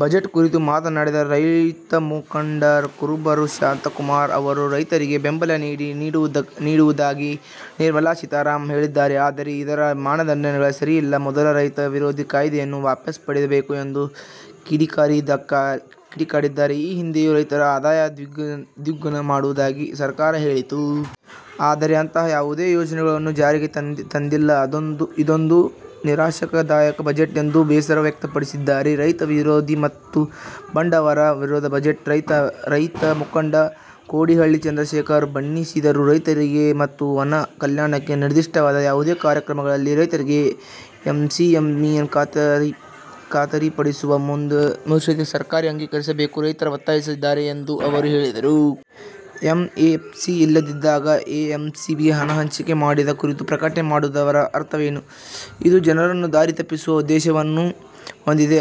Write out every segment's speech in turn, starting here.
Budget ಕುರಿತು ಮಾತನಾಡಿದ ರೈತಮುಖಂಡ ಕುರುಬೂರು ಶಾಂತಕುಮಾರ್ ಅವರು, ರೈತರಿಗೆ ಬೆಂಬಲ ಬೆಲೆ ನೀಡುವುದಾಗಿ ನಿರ್ಮಲಾ ಸೀತಾರಾಮನ್ ಹೇಳಿದ್ದಾರೆ. ಆದರೆ, ಇದರ ಮಾನದಂಡಗಳೇ ಸರಿಯಿಲ್ಲ. ಮೊದಲು ರೈತ ವಿರೋಧಿ ಕಾಯ್ದೆಗಳನ್ನು ವಾಪಸ್ಸ್ ಪಡೆಯಬೇಕು ಎಂದು ಕಿಡಿಕಾರಿದ್ದಾರೆ. ಈ ಹಿಂದೆಯೂ ರೈತರ ಆದಾಯ ದ್ವಿಗುಣ ಮಾಡುವುದಾಗಿ ಸರ್ಕಾರ ಹೇಳಿತ್ತು. ಆದರೆ, ಅಂತಹ ಯಾವುದೇ ಯೋಜನೆಗಳನ್ನು ಜಾರಿಗೆ ತಂದಿಲ್ಲ. ಇದೊಂದು ನಿರಾಶಾದಾಯಕ ಬಜೆಟ್ ಎಂದು ಬೇಸರವ್ಯಕ್ತಪಡಿಸಿದ್ದಾರೆ. ರೈತ ವಿರೋಧಿ ಮತ್ತು ಬಡ ವರ ವಿರೋಧಿ ಬಜೆಟ್ ಎಂದು ರೈತ ಮುಖಂಡ ಕೋಡಿಹಳ್ಳಿ ಚಂದ್ರಶೇಖರ್ ಬಣ್ಣಿಸಿದರು. ರೈತರಿಗೆ ಮತ್ತು ಅವರ ಕಲ್ಯಾಣಕ್ಕೆ ನಿರ್ದಿಷ್ಟವಾದ ಯಾವುದೇ ಕಾರ್ಯಕ್ರಮಗಳಿಲ್ಲ, ರೈತರಿಗೆ ಎಂಎಸ್ಪಿಯನ್ನು ಖಾತರಿಪಡಿಸುವ ಮಸೂದೆಯನ್ನು ಸರ್ಕಾರ ಅಂಗೀಕರಿಸಬೇಕೆಂದು ರೈತರು ಒತ್ತಾಯಿಸುತ್ತಿದ್ದಾರೆ ಎಂದು ಅವರು ಹೇಳಿದರು. ಎಂಎಸ್ಪಿ ಇಲ್ಲದಿದ್ದಾಗ, ಎಂಎಸ್ಪಿಗೆ ಹಣ ಹಂಚಿಕೆ ಮಾಡುವ ಕುರಿತು ಪ್ರಕಟಣೆ ಮಾಡುವುದರ ಅರ್ಥವೇನು? ಇದು ಜನರನ್ನು ದಾರಿ ತಪ್ಪಿಸುವ ಉದ್ದೇಶವನ್ನು ಹೊಂದಿದೆ.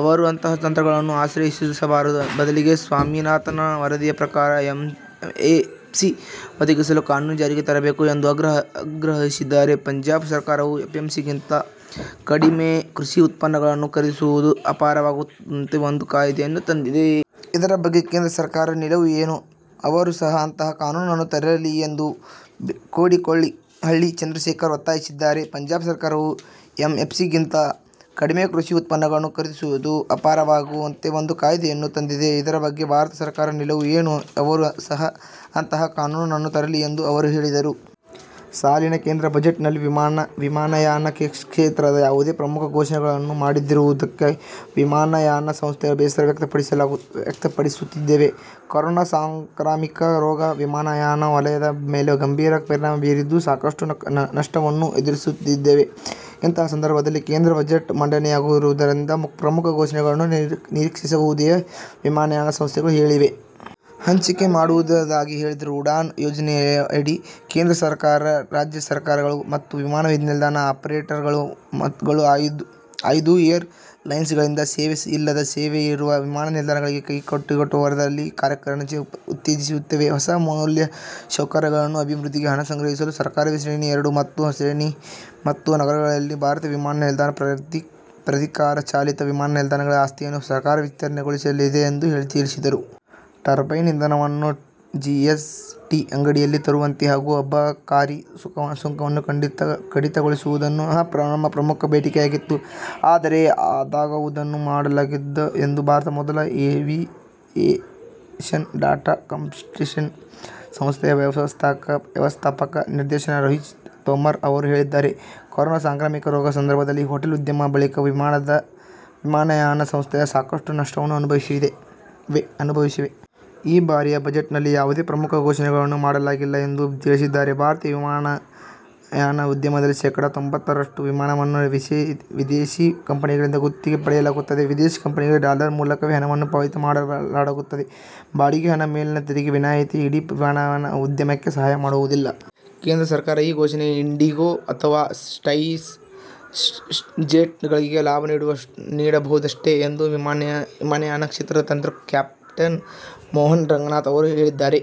ಅವರು ಅಂತಹ ತಂತ್ರಗಳನ್ನು ಆಶ್ರಯಿಸಬಾರದು. ಬದಲಿಗೆ ಸ್ವಾಮಿನಾಥನ್ ವರದಿಯ ಪ್ರಕಾರ ಎಂಎಸ್ಪಿ ಒದಗಿಸಲು ಕಾನೂನು ಜಾರಿಗೆ ತರಬೇಕು ಎಂದು ಆಗ್ರಹಿಸಿದ್ದಾರೆ. ಪಂಜಾಬ್ ಸರ್ಕಾರವು ಎಂಎಸ್ಪಿಗಿಂತ ಕಡಿಮೆ ಕೃಷಿ ಉತ್ಪನ್ನಗಳನ್ನು ಖರೀದಿಸುವುದು ಅಪರಾಧವಾಗುವಂತೆ ಒಂದು ಕಾಯ್ದೆಯನ್ನು ತಂದಿದೆ. ಇದರ ಬಗ್ಗೆ ಕೇಂದ್ರ ಸರ್ಕಾರದ ನಿಲುವು ಏನು? ಅವರೂ ಸಹ ಅಂತಹ ಕಾನೂನನ್ನು ತರಲಿ ಎಂದು ಕೋಡಿಹಳ್ಳಿ ಚಂದ್ರಶೇಖರ್ ಒತ್ತಾಯಿಸಿದ್ದಾರೆ. ಪಂಜಾಬ್ ಸರ್ಕಾರವು ಎಂಎಸ್ಪಿಗಿಂತ ಕಡಿಮೆ ಕೃಷಿ ಉತ್ಪನ್ನಗಳನ್ನು ಖರೀದಿಸುವುದು ಅಪರಾಧವಾಗುವಂತೆ ಒಂದು ಕಾಯ್ದೆಯನ್ನು ತಂದಿದೆ. ಇದರ ಬಗ್ಗೆ ಭಾರತ ಸರ್ಕಾರದ ನಿಲುವು ಏನು? ಅವರೂ ಸಹ ಅಂತಹ ಕಾನೂನನ್ನು ತರಲಿ ಎಂದು ಅವರು ಹೇಳಿದರು. ಸಾಲಿನ ಕೇಂದ್ರ ಬಜೆಟ್ ನಲ್ಲಿ ವಿಮಾನಯಾನ ಕ್ಷೇತ್ರಕ್ಕೆ ಯಾವುದೇ ಪ್ರಮುಖ ಘೋಷಣೆಗಳನ್ನು ಮಾಡದಿರುವುದಕ್ಕೆ ವಿಮಾನಯಾನ ಸಂಸ್ಥೆಗಳು ಬೇಸರ ವ್ಯಕ್ತಪಡಿಸುತ್ತಿವೆ. ಕೊರೋನಾ ಸಾಂಕ್ರಾಮಿಕ ರೋಗ ವಿಮಾನಯಾನ ವಲಯದ ಮೇಲೆ ಗಂಭೀರ ಪರಿಣಾಮ ಬೀರಿದ್ದು, ಸಾಕಷ್ಟು ನಷ್ಟವನ್ನು ಎದುರಿಸಿದ್ದೇವೆ. ಇಂತಹ ಸಂದರ್ಭದಲ್ಲಿ ಕೇಂದ್ರ ಬಜೆಟ್ ಮಂಡನೆಯಾಗುತ್ತಿರುವುದರಿಂದ ಪ್ರಮುಖ ಘೋಷಣೆಗಳನ್ನು ನಿರೀಕ್ಷಿಸಿದ್ದೆವು ವಿಮಾನಯಾನ ಸಂಸ್ಥೆಗಳು ಹೇಳಿವೆ. ಹಂಚಿಕೆ ಮಾಡಿರುವುದಾಗಿ ಹೇಳಿದ್ದರು. ಉಡಾನ್ ಯೋಜನೆಯಡಿ, ಕೇಂದ್ರ, ರಾಜ್ಯ ಸರ್ಕಾರಗಳು ಮತ್ತು ವಿಮಾನ ನಿಲ್ದಾಣ ಆಪರೇಟರ್ ಗಳು ಆಯ್ದು ಏರ್ ಲೈನ್ಸ್ ಗಳಿಂದ ಸೇವೆ ಇಲ್ಲದ ಸೇವೆ ಇರುವ ವಿಮಾನ ನಿಲ್ದಾಣಗಳಿಂದ ಕೈಗೆಟುಕುವ ದರದಲ್ಲಿ ಕಾರ್ಯಾಚರಣೆಯನ್ನು ಉತ್ತೇಜಿಸುತ್ತವೆ. ಹೊಸ ಮೂಲಸೌಕರ್ಯಗಳನ್ನು ಅಭಿವೃದ್ಧಿಗೆ ಹಣ ಸಂಗ್ರಹಿಸಲು ಸರ್ಕಾರವು ಶ್ರೇಣಿ ಎರಡು ಮತ್ತು ಶ್ರೇಣಿ ಮೂರು ನಗರಗಳಲ್ಲಿನ ಭಾರತೀಯ ವಿಮಾನ ನಿಲ್ದಾಣ ಪ್ರಾಧಿಕಾರ ಚಾಲಿತ ವಿಮಾನ ನಿಲ್ದಾಣಗಳ ಆಸ್ತಿಯನ್ನು ಸರ್ಕಾರ ವಿತ್ತೀಯಗೊಳಿಸಲಿದೆ ಎಂದು ತಿಳಿಸಿದ್ದರು. ಟರ್ಬೈನ್ ಇಂಧನವನ್ನು ಜಿಎಸ್ ಟಿ ಅಡಿಯಲ್ಲಿ ತರುವಂತೆ ಹಾಗೂ ಅಬಕಾರಿ ಸುಂಕವನ್ನು ಕಡಿತಗೊಳಿಸುವುದು ನಮ್ಮ ಪ್ರಮುಖ ಬೇಡಿಕೆಯಾಗಿತ್ತು. ಆದರೆ, ಅದಾವುದನ್ನೂ ಮಾಡಲಾಗಿಲ್ಲ ಎಂದು ಭಾರತದ ಮೊದಲ ಏವಿಯೇಷನ್ ಡಾಟಾ ಕನ್ಸಲ್ಟಿಂಗ್ ಸಂಸ್ಥೆಯ ವ್ಯವಸ್ಥಾಪಕ ನಿರ್ದೇಶಕ ರೋಹಿತ್ ತೋಮರ್ ಅವರು ಹೇಳಿದ್ದಾರೆ. ಕೊರೋನಾ ಸಾಂಕ್ರಾಮಿಕ ರೋಗ ಸಂದರ್ಭದಲ್ಲಿ ಹೋಟೆಲ್ ಉದ್ಯಮದ ಬಳಿಕ ವಿಮಾನಯಾನ ಸಂಸ್ಥೆಗಳು ಸಾಕಷ್ಟು ನಷ್ಟವನ್ನು ಅನುಭವಿಸಿವೆ. ಈ ಬಾರಿಯ ಬಜೆಟ್ ನಲ್ಲಿ ಯಾವುದೇ ಪ್ರಮುಖ ಘೋಷಣೆಗಳನ್ನು ಮಾಡಲಾಗಿಲ್ಲ ಎಂದು ತಿಳಿಸಿದ್ದಾರೆ. ಭಾರತೀಯ ವಿಮಾನಯಾನ ಉದ್ಯಮದಲ್ಲಿ ಶೇಕಡಾ ತೊಂಬತ್ತರಷ್ಟು ವಿಮಾನಗಳನ್ನು ವಿದೇಶಿ ಕಂಪನಿಗಳಿಂದ ಗುತ್ತಿಗೆ ಪಡೆಯಲಾಗುತ್ತದೆ. ವಿದೇಶಿ ಕಂಪನಿಗಳಿಗೆ ಡಾಲರ್ ಮೂಲಕವೇ ಹಣವನ್ನು ಪಾವತಿ ಮಾಡಲಾಗುತ್ತದೆ. ಬಾಡಿಗೆ ಹಣದ ಮೇಲಿನ ತೆರಿಗೆ ವಿನಾಯಿತಿ ಇಡೀ ವಿಮಾನಯಾನ ಉದ್ಯಮಕ್ಕೆ ಸಹಾಯ ಮಾಡುವುದಿಲ್ಲ. ಕೇಂದ್ರ ಸರ್ಕಾರ ಈ ಘೋಷಣೆ ಇಂಡಿಗೋ ಅಥವಾ ಸ್ಪೈಸ್ ಜೆಟ್ ಗಳಿಗೆ ಲಾಭ ನೀಡಬಹುದಷ್ಟೇ ಎಂದು ವಿಮಾನಯಾನ ಕ್ಷೇತ್ರದ ತಜ್ಞ ಕ್ಯಾಪ್ಟೆನ್ ಮೋಹನ್ ರಂಗನಾಥ್ ಅವರು ಹೇಳಿದ್ದಾರೆ.